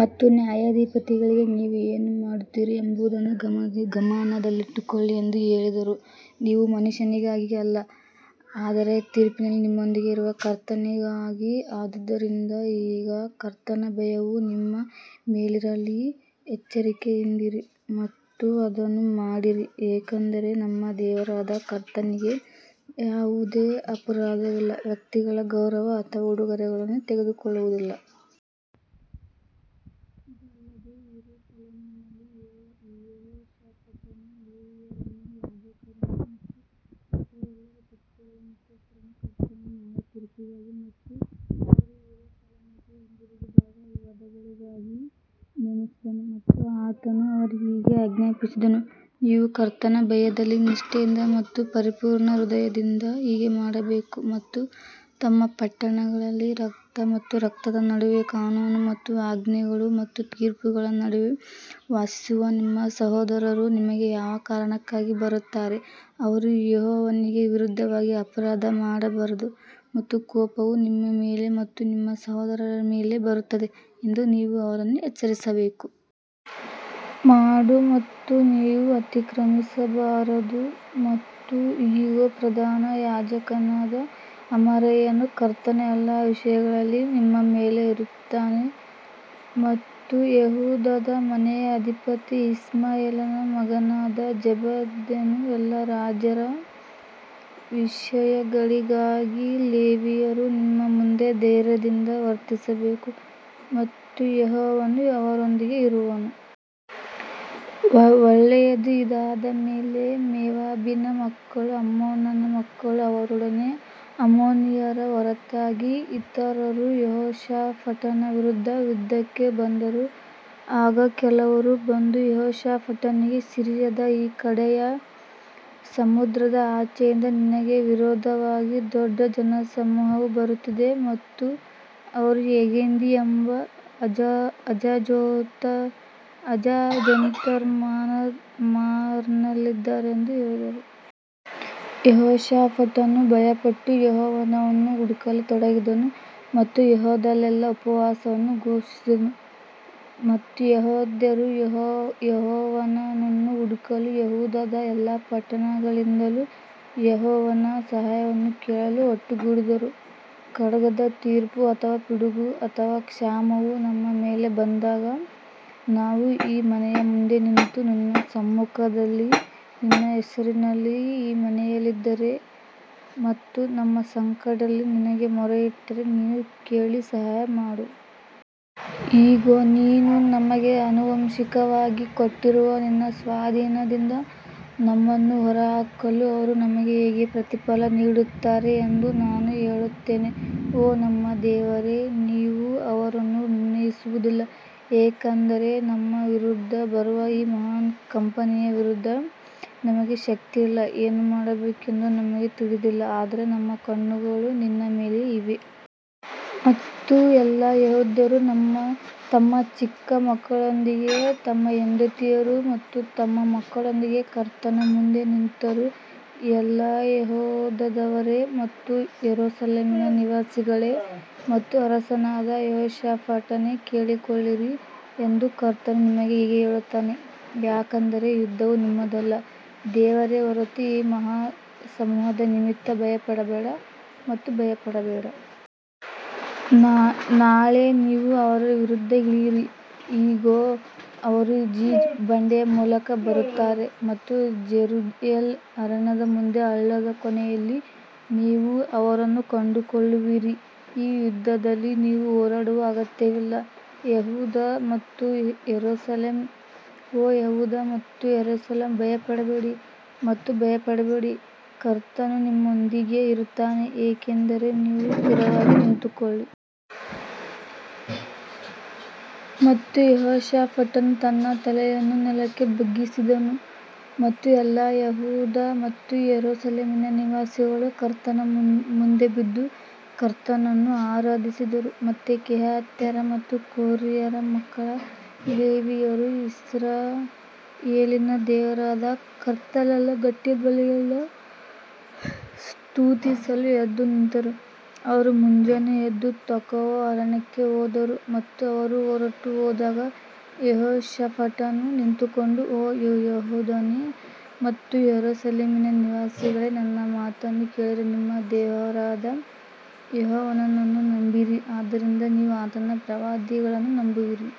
ಮತ್ತು ನ್ಯಾಯಾಧಿಪತಿಗಳಿಗೆ ನೀವು ಏನು ಮಾಡುತ್ತೀರಿ ಎಂಬುದನ್ನು ಗಮನದಲ್ಲಿಟ್ಟುಕೊಳ್ಳಿ ಎಂದು ಹೇಳಿದರು, ನೀವು ಮನುಷ್ಯನಿಗಾಗಿ ಅಲ್ಲ, ಆದರೆ ತೀರ್ಪಿನಲ್ಲಿ ನಿಮ್ಮೊಂದಿಗೆ ಇರುವ ಕರ್ತನಿಗಾಗಿ. ಆದದರಿಂದ ಈಗ ಕರ್ತನ ಭಯವು ನಿಮ್ಮ ಮೇಲಿರಲಿ, ಎಚ್ಚರಿಕೆಯಿಂದಿರಿ ಮತ್ತು ಅದನ್ನು ಮಾಡಿರಿ ಏಕೆಂದರೆ ನಮ್ಮ ದೇವರಾದ ಕರ್ತನಿಗೆ ಯಾವುದೇ ಅಪರಾಧವಿಲ್ಲ, ವ್ಯಕ್ತಿಗಳ ಗೌರವ ಅಥವಾ ಉಡುಗೊರೆಗಳನ್ನು ತೆಗೆದುಕೊಳ್ಳುವುದಿಲ್ಲ. ಇದಲ್ಲದೆ ಯೆರೂಸಲೇಮಿನಲ್ಲಿ ಯೆಹೋಷಾಫಾಟನು ಲೇವಿಯರನ್ನು, ಯಾಜಕರನ್ನು ಮತ್ತು ಇಸ್ರಾಯೇಲ್ಯರ ಪಿತೃಗಳ ಮುಖ್ಯಸ್ಥರನ್ನು ಕರ್ತನ ನ್ಯಾಯತೀರ್ಪಿಗಾಗಿ ಮತ್ತು ಅವರು ಯೆರೂಸಲೇಮಿಗೆ ಹಿಂದಿರುಗಿದಾಗ ವಿವಾದಗಳಿಗಾಗಿ ನೇಮಿಸಿದನು. ಮತ್ತು ಆತನು ಅವರಿಗೆ ಹೀಗೆ ಆಜ್ಞಾಪಿಸಿದನು, ನೀವು ಕರ್ತನ ಭಯದಲ್ಲಿ ನಿಷ್ಠೆಯಿಂದ ಮತ್ತು ಪರಿಪೂರ್ಣ ಹೃದಯದಿಂದ ಹೀಗೆ ಮಾಡಬೇಕು ಮತ್ತು ತಮ್ಮ ಪಟ್ಟಣಗಳಲ್ಲಿ ರಕ್ತ ಮತ್ತು ರಕ್ತದ ನಡುವೆ ಕಾನೂನು ಮತ್ತು ಆಜ್ಞೆಗಳು ಮತ್ತು ತೀರ್ಪುಗಳ ನಡುವೆ ವಾಸಿಸುವ ನಿಮ್ಮ ಸಹೋದರರು ನಿಮಗೆ ಯಾವ ಕಾರಣಕ್ಕಾಗಿ ಬರುತ್ತಾರೆ, ಅವರು ಯೆಹೋವನಿಗೆ ವಿರುದ್ಧವಾಗಿ ಅಪರಾಧ ಮಾಡಬಾರದು ಮತ್ತು ಕೋಪವು ನಿಮ್ಮ ಮೇಲೆ ಮತ್ತು ನಿಮ್ಮ ಸಹೋದರರ ಮೇಲೆ ಬರುತ್ತದೆ ಎಂದು ನೀವು ಅವರನ್ನು ಎಚ್ಚರಿಸಬೇಕು. ಮಾಡು ಮತ್ತು ನೀವು ಅತಿಕ್ರಮಿಸಬಾರದು ಮತ್ತು ಇಗೋ, ಪ್ರಧಾನ ಯಾಜಕನಾದ ಅಮರಯ್ಯನು ಕರ್ತನ ಎಲ್ಲಾ ವಿಷಯಗಳಲ್ಲಿ ನಿಮ್ಮ ಮೇಲೆ ಇರುತ್ತಾನೆ ಮತ್ತು ಯೆಹೂದದ ಮನೆಯ ಅಧಿಪತಿ ಇಷ್ಮಾಯೇಲನ ಮಗನಾದ ಜೆಬದ್ಯನು ಎಲ್ಲಾ ರಾಜರ ವಿಷಯಗಳಿಗಾಗಿ ಲೇವಿಯರು ನಿಮ್ಮ ಮುಂದೆ ಧೈರ್ಯದಿಂದ ವರ್ತಿಸಬೇಕು ಮತ್ತು ಯೆಹೋವನು ಅವರೊಂದಿಗೆ ಇರುವನು. ಒಳ್ಳೆಯದು ಇದಾದ ಮೇಲೆ ಮೋವಾಬಿನ ಮಕ್ಕಳೂ ಅಮ್ಮೋನನ ಮಕ್ಕಳೂ ಅವರೊಡನೆ ಅಮ್ಮೋನಿಯರ ಹೊರತಾಗಿ ಇತರರೂ ಯೆಹೋಷಾಫಾಟನ ವಿರುದ್ಧ ಯುದ್ಧಕ್ಕೆ ಬಂದರು. ಆಗ ಕೆಲವರು ಬಂದು ಯೆಹೋಷಾಫಾಟನಿಗೆ ಸಿರಿಯದ ಈ ಕಡೆಯ ಸಮುದ್ರದ ಆಚೆಯಿಂದ ನಿನಗೆ ವಿರೋಧವಾಗಿ ದೊಡ್ಡ ಜನಸಮೂಹವು ಬರುತ್ತಿದೆ ಮತ್ತು ಅವರು ಎಂಗೆದಿ ಎಂಬ ಹಜಾಜೊಂತಮಾರ್ನಲ್ಲಿದ್ದಾರೆಂದು ಹೇಳಿದರು. ಯೆಹೋಷಾಫಾಟನು ಭಯಪಟ್ಟು ಯೆಹೋವನನ್ನು ಹುಡುಕಲು ತೊಡಗಿದನು ಮತ್ತು ಯೆಹೂದದಲ್ಲೆಲ್ಲಾ ಉಪವಾಸವನ್ನು ಘೋಷಿಸಿದನು. ಮತ್ತು ಯೆಹೂದ್ಯರು ಯೆಹೋವನನ್ನು ಹುಡುಕಲು ಯೆಹೂದದ ಎಲ್ಲಾ ಪಟ್ಟಣಗಳಿಂದಲೂ ಯೆಹೋವನ ಸಹಾಯವನ್ನು ಕೇಳಲು ಒಟ್ಟುಗೂಡಿದರು. ಖಡ್ಗದ ತೀರ್ಪು ಅಥವಾ ಪಿಡುಗು ಅಥವಾ ಕ್ಷಾಮವು ನಮ್ಮ ಮೇಲೆ ಬಂದಾಗ ನಾವು ಈ ಮನೆಯ ಮುಂದೆ ನಿಂತು ನಿನ್ನ ಸಮ್ಮುಖದಲ್ಲಿ ನಿನ್ನ ಹೆಸರಿನಲ್ಲಿ ಈ ಮನೆಯಲ್ಲಿದ್ದರೆ ಮತ್ತು ನಮ್ಮ ಸಂಕಟದಲ್ಲಿ ನಿನಗೆ ಮೊರೆಯಿಟ್ಟರೆ ನೀನು ಕೇಳಿ ಸಹಾಯ ಮಾಡು. ಇಗೋ, ನೀನು ನಮಗೆ ಆನುವಂಶಿಕವಾಗಿ ಕೊಟ್ಟಿರುವ ನಿನ್ನ ಸ್ವಾಧೀನದಿಂದ ನಮ್ಮನ್ನು ಹೊರಹಾಕಲು ಅವರು ನಮಗೆ ಹೇಗೆ ಪ್ರತಿಫಲ ನೀಡುತ್ತಾರೆ ಎಂದು ನಾನು ಹೇಳುತ್ತೇನೆ. ಓ ನಮ್ಮ ದೇವರೇ ನೀವು ಅವರನ್ನು ನಿರ್ಣಯಿಸುವುದಿಲ್ಲ ಏಕೆಂದರೆ ನಮ್ಮ ವಿರುದ್ಧ ಬರುವ ಈ ಮಹಾನ್ ಕಂಪನಿಯ ವಿರುದ್ಧ ನಮಗೆ ಶಕ್ತಿಯಿಲ್ಲ, ಏನು ಮಾಡಬೇಕೆಂದು ನಮಗೆ ತಿಳಿದಿಲ್ಲ ಆದರೆ ನಮ್ಮ ಕಣ್ಣುಗಳು ನಿನ್ನ ಮೇಲೆಯೇ ಇವೆ. ಮತ್ತು ಎಲ್ಲಾ ಯೆಹೂದ್ಯರು ತಮ್ಮ ಚಿಕ್ಕ ಮಕ್ಕಳೊಂದಿಗೆ ತಮ್ಮ ಹೆಂಡತಿಯರು ಮತ್ತು ತಮ್ಮ ಮಕ್ಕಳೊಂದಿಗೆ ಕರ್ತನ ಮುಂದೆ ನಿಂತರು ಎಲ್ಲಾ ಯೆಹೂದದವರೇ ಮತ್ತು ಯೆರೂಸಲೇಮಿನ ನಿವಾಸಿಗಳೇ ಮತ್ತು ಅರಸನಾದ ಯೆಹೋಷಾಫಾಟನೇ ಕೇಳಿಕೊಳ್ಳಿರಿ ಎಂದು ಕರ್ತನು ನಿಮಗೆ ಹೀಗೆ ಹೇಳುತ್ತಾನೆ ಯಾಕಂದರೆ ಯುದ್ಧವು ನಿಮ್ಮದಲ್ಲ, ದೇವರೇ ಹೊರತು ಈ ಮಹಾ ಸಮೂಹದ ನಿಮಿತ್ತ ಭಯಪಡಬೇಡ ಮತ್ತು ಭಯಪಡಬೇಡ. ನಾಳೆ ನೀವು ಅವರ ವಿರುದ್ಧ ಇಳಿಯಿರಿ, ಇಗೋ ಅವರು ಜಿಜ್ ಬಂಡೆಯ ಮೂಲಕ ಬರುತ್ತಾರೆ ಮತ್ತು ಜೆರುಯೆಲ್ ಅರಣ್ಯದ ಮುಂದೆ ಹಳ್ಳದ ಕೊನೆಯಲ್ಲಿ ನೀವು ಅವರನ್ನು ಕಂಡುಕೊಳ್ಳುವಿರಿ ಈ ಯುದ್ಧದಲ್ಲಿ ನೀವು ಹೋರಾಡುವ ಅಗತ್ಯವಿಲ್ಲ, ಯೆಹೂದ ಮತ್ತು ಯೆರೂಸಲೇಮ್, ಓ ಯೆಹೂದ ಮತ್ತು ಯೆರೂಸಲೇಮ್ ಭಯಪಡಬೇಡಿ ಮತ್ತು ಭಯಪಡಬೇಡಿ, ಕರ್ತನು ನಿಮ್ಮೊಂದಿಗೆ ಇರುತ್ತಾನೆ ಏಕೆಂದರೆ ನೀವು ಸ್ಥಿರವಾಗಿ ನಿಂತುಕೊಳ್ಳಿ. ಮತ್ತು ಯೆಹೋಷಾಫಾಟನು ತನ್ನ ತಲೆಯನ್ನು ನೆಲಕ್ಕೆ ಬಗ್ಗಿಸಿದನು ಮತ್ತು ಎಲ್ಲಾ ಯೆಹೂದ ಮತ್ತು ಯೆರೂಸಲೇಮಿನ ನಿವಾಸಿಗಳು ಕರ್ತನ ಮುಂದೆ ಬಿದ್ದು ಕರ್ತನನ್ನು ಆರಾಧಿಸಿದರು. ಮತ್ತು ಕೆಹಾತ್ಯರ ಮತ್ತು ಕೊರ್ಹಿಯರ ಮಕ್ಕಳ ಲೇವಿಯರು ಇಸ್ರಾಯೇಲಿನ ದೇವರಾದ ಕರ್ತನನ್ನು ಗಟ್ಟಿ ಧ್ವನಿಯಿಂದ ಸ್ತುತಿಸಲು ಎದ್ದು ನಿಂತರು. ಅವರು ಮುಂಜಾನೆ ಎದ್ದು ತೆಕೋವಾ ಅರಣ್ಯಕ್ಕೆ ಹೋದರು ಮತ್ತು ಅವರು ಹೊರಟುಹೋದಾಗ ಯೆಹೋಷಾಫಾಟನು ನಿಂತುಕೊಂಡು, ಓ ಯೆಹೂದನೇ ಮತ್ತು ಯೆರೂಸಲೇಮಿನ ನಿವಾಸಿಗಳೇ ನನ್ನ ಮಾತನ್ನು ಕೇಳಿರಿ, ನಿಮ್ಮ ದೇವರಾದ ಯೆಹೋವನನ್ನು ನಂಬಿರಿ, ಆದ್ದರಿಂದ ನೀವು ಆತನ ಪ್ರವಾದಿಗಳನ್ನು ನಂಬುವಿರಿ.